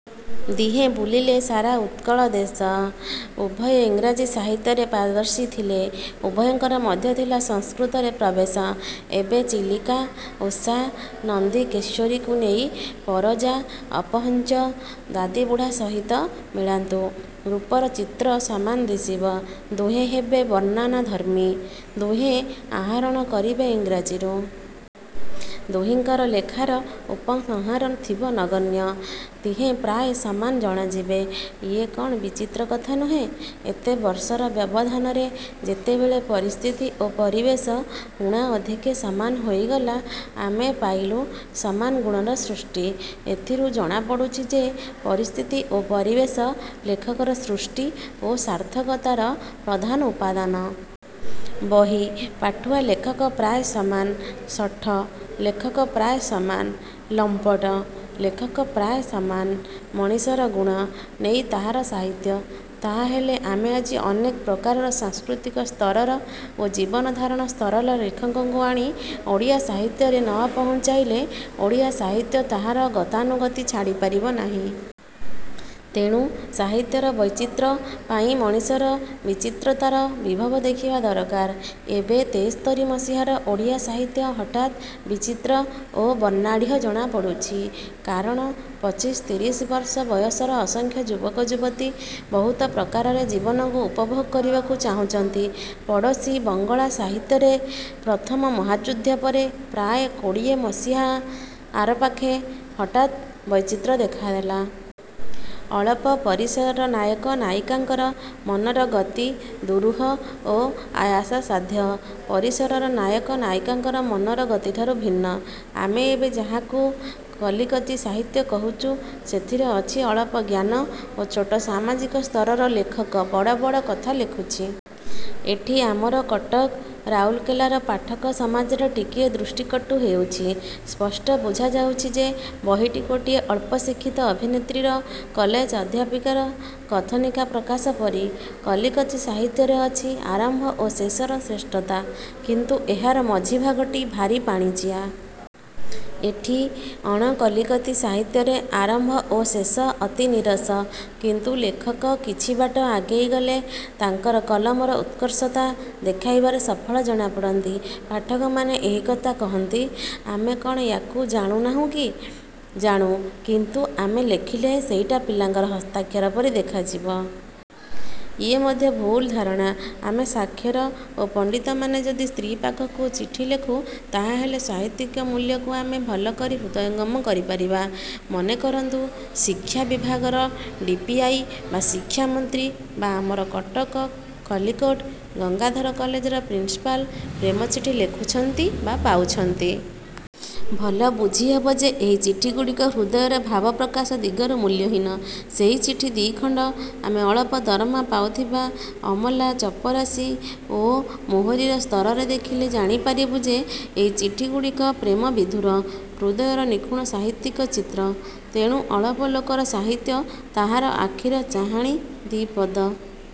ଦିହେଁ ବୁଲିଲେ ସାରା ଉତ୍କଳ ଦେଶ। ଉଭୟେ ଇଂରାଜୀ ସାହିତ୍ୟରେ ପାରଦର୍ଶୀ ଥିଲେ। ଉଭୟଙ୍କର ମଧ୍ୟ ଥିଲା ସଂସ୍କୃତରେ ପ୍ରବେଶ। ଏବେ ଚିଲିକା, ଉଷା, ନନ୍ଦିକେଶ୍ୱରୀକୁ ନେଇ ପରଜା, ଅପହଞ୍ଚ, ଦାଦିବୁଢ଼ା ସହିତ ମିଳାନ୍ତୁ। ରୂପର ଚିତ୍ର ସମାନ ଦିଶିବ। ଦୁହେଁ ହେବେ ବର୍ଣ୍ଣନାଧର୍ମୀ। ଦୁହେଁ ଆହରଣ କରିବେ ଇଂରାଜୀରୁ। ଦୁହିଁଙ୍କର ଲେଖାର ଉପସଂହାର ଥିବ ନଗଣ୍ୟ। ଦିହେଁ ପ୍ରାୟ ସମାନ ଜଣାଯିବେ। ଇଏ କ'ଣ ବିଚିତ୍ର କଥା ନୁହେଁ? ଏତେ ବର୍ଷର ବ୍ୟବଧାନରେ ଯେତେବେଳେ ପରିସ୍ଥିତି ଓ ପରିବେଶ ଊଣା ଅଧିକେ ସମାନ ହୋଇଗଲା ଆମେ ପାଇଲୁ ସମାନ ଗୁଣର ସୃଷ୍ଟି। ଏଥିରୁ ଜଣାପଡ଼ୁଛି ଯେ ପରିସ୍ଥିତି ଓ ପରିବେଶ ଲେଖକର ସୃଷ୍ଟି ଓ ସାର୍ଥକତାର ପ୍ରଧାନ ଉପାଦାନ। ବହି-ପାଠୁଆ ଲେଖକ ପ୍ରାୟ ସମାନ। ଶଠ-ଲେଖକ ପ୍ରାୟ ସମାନ। ଲମ୍ପଟ-ଲେଖକ ପ୍ରାୟ ସମାନ। ମଣିଷର ଗୁଣ। ନେଇ ତାହାର ସାହିତ୍ୟ। ତାହାହେଲେ ଆମେ ଆଜି ଅନେକ ପ୍ରକାରର ସାଂସ୍କୃତିକ ସ୍ତରର ଓ ଜୀବନଧାରଣ ସ୍ତରର ଲେଖକଙ୍କୁ ଆଣି ଓଡ଼ିଆ ସାହିତ୍ୟରେ ନ ପହୁଞ୍ଚାଇଲେ ଓଡ଼ିଆ ସାହିତ୍ୟ ତାହାର ଗତାନୁଗତି ଛାଡ଼ି ପାରିବ ନାହିଁ। ତେଣୁ ସାହିତ୍ୟର ବୈଚିତ୍ର୍ୟ ପାଇଁ ମଣିଷର ବିଚିତ୍ରତାର ବିଭବ ଦେଖିବା ଦରକାର। ଏବେ ତେସ୍ତରୀ ମସିହାର ଓଡ଼ିଆ ସାହିତ୍ୟ ହଠାତ୍ ବିଚିତ୍ର ଓ ବର୍ଣ୍ଣାଢ୍ୟ ଜଣାପଡ଼ୁଛି। କାରଣ ପଚିଶ ତିରିଶବର୍ଷ ବୟସର ଅସଂଖ୍ୟ ଯୁବକ ଯୁବତୀ ବହୁତ ପ୍ରକାରରେ ଜୀବନକୁ ଉପଭୋଗ କରିବାକୁ ଚାହୁଁଛନ୍ତି। ପଡ଼ୋଶୀ ବଙ୍ଗଳା ସାହିତ୍ୟରେ ପ୍ରଥମ ମହାଯୁଦ୍ଧ ପରେ ପ୍ରାୟ କୋଡ଼ିଏମସିହା ଆରପାଖେ ହଠାତ୍ ବୈଚିତ୍ର୍ୟ ଦେଖା ଦେଲା। ଅଳପ ପରିସରର ନାୟକ ନାୟିକାଙ୍କର ମନର ଗତି ଦୁରୂହ ଓ ଆୟାସସାଧ୍ୟ ପରିସରର ନାୟକ ନାୟିକାଙ୍କର ମନର ଗତିଠାରୁ ଭିନ୍ନ। ଆମେ ଏବେ ଯାହାକୁ କଲିକତି ସାହିତ୍ୟ କହୁଛୁ ସେଥିରେ ଅଛି ଅଳପ ଜ୍ଞାନ ଓ ଛୋଟ ସାମାଜିକ ସ୍ତରର ଲେଖକ ବଡ଼ବଡ଼ କଥା ଲେଖୁଛି। ଏଠି ଆମର କଟକ ରାଉରକେଲାର ପାଠକ ସମାଜରେ ଟିକିଏ ଦୃଷ୍ଟିକଟୁ ହେଉଛି। ସ୍ପଷ୍ଟ ବୁଝାଯାଉଛି ଯେ ବହିଟି ଗୋଟିଏ ଅଳ୍ପ ଶିକ୍ଷିତ ଅଭିନେତ୍ରୀର କଲେଜ ଅଧ୍ୟାପିକାର କଥନିକା ପ୍ରକାଶ ପରି। କଲିକତି ସାହିତ୍ୟରେ ଅଛି ଆରମ୍ଭ ଓ ଶେଷର ଶ୍ରେଷ୍ଠତା। କିନ୍ତୁ ଏହାର ମଝିଭାଗଟି ଭାରି ପାଣିଚିଆ। ଏଠି ଅଣ-କଲିକତି ସାହିତ୍ୟରେ ଆରମ୍ଭ ଓ ଶେଷ ଅତି ନିରସ। କିନ୍ତୁ ଲେଖକ କିଛି ବାଟ ଆଗେଇ ଗଲେ ତାଙ୍କର କଲମର ଉତ୍କର୍ଷତା ଦେଖାଇବାରେ ସଫଳ ଜଣାପଡ଼ନ୍ତି। ପାଠକମାନେ ଏହି କଥା କହନ୍ତି। -ଆମେ କ'ଣ ୟା'କୁ ଜାଣୁ ନାହିଁ କି? -ଜାଣୁ। କିନ୍ତୁ ଆମେ ଲେଖିଲେ ସେଇଟା ପିଲାଙ୍କର ହସ୍ତାକ୍ଷର ପରି ହୋଇଯିବ। ଇଏ ମଧ୍ୟ ଭୁଲ୍ ଧାରଣା- ଆମେ ସାକ୍ଷର ଓ ପଣ୍ତିତମାନେ ଯଦି ସ୍ତ୍ରୀ' ପାଖକୁ ଚିଠି ଲେଖୁ ତାହାହେଲେ ସାହିତ୍ୟିକ ମୂଲ୍ୟକୁ ଆମେ ଭଲ କରି ହୃଦୟଙ୍ଗମ କରିପାରିବା। ମନେ କରନ୍ତୁ ଶିକ୍ଷା ବିଭାଗର ଡି. ପି. ଆଇ. ବା ଶିକ୍ଷା ମନ୍ତ୍ରୀ ବା ଆମର କଟକ, ଖଲିକୋଟ, ଗଙ୍ଗାଧର କଲେଜର ପ୍ରିନିସ୍ପାଲ ପ୍ରେମ ଚିଠି ଲେଖୁଛନ୍ତି ବା ପାଉଛନ୍ତି। ଭଲ ବୁଝିହେବ ଯେ ଏହି ଚିଠିଗୁଡ଼ିକ ହୃଦୟର ଭାବ ପ୍ରକାଶ ଦିଗରୁ ମୂଲ୍ୟହୀନ। ସେହି ଚିଠି ଦି'ଖଣ୍ତ ଆମେ ଅଳପ ଦରମା ପାଉଥିବା ଅମଲା, ଚପରାସି ଓ ମୋହରିର ସ୍ତରରେ ଦେଖିଲେ ଜାଣିପାରିବୁ ଯେ ଏହି ଚିଠିଗୁଡ଼ିକ ପ୍ରେମବିଧୁର ହୃଦୟର ନିଖୁଣ ସାହିତ୍ୟିକ ଚିତ୍ର। ତେଣୁ ଅଳପ ଲୋକର ସାହିତ୍ୟ ତାହାର ଆଖିର ଚାହାଣୀ, ଦି'ପଦ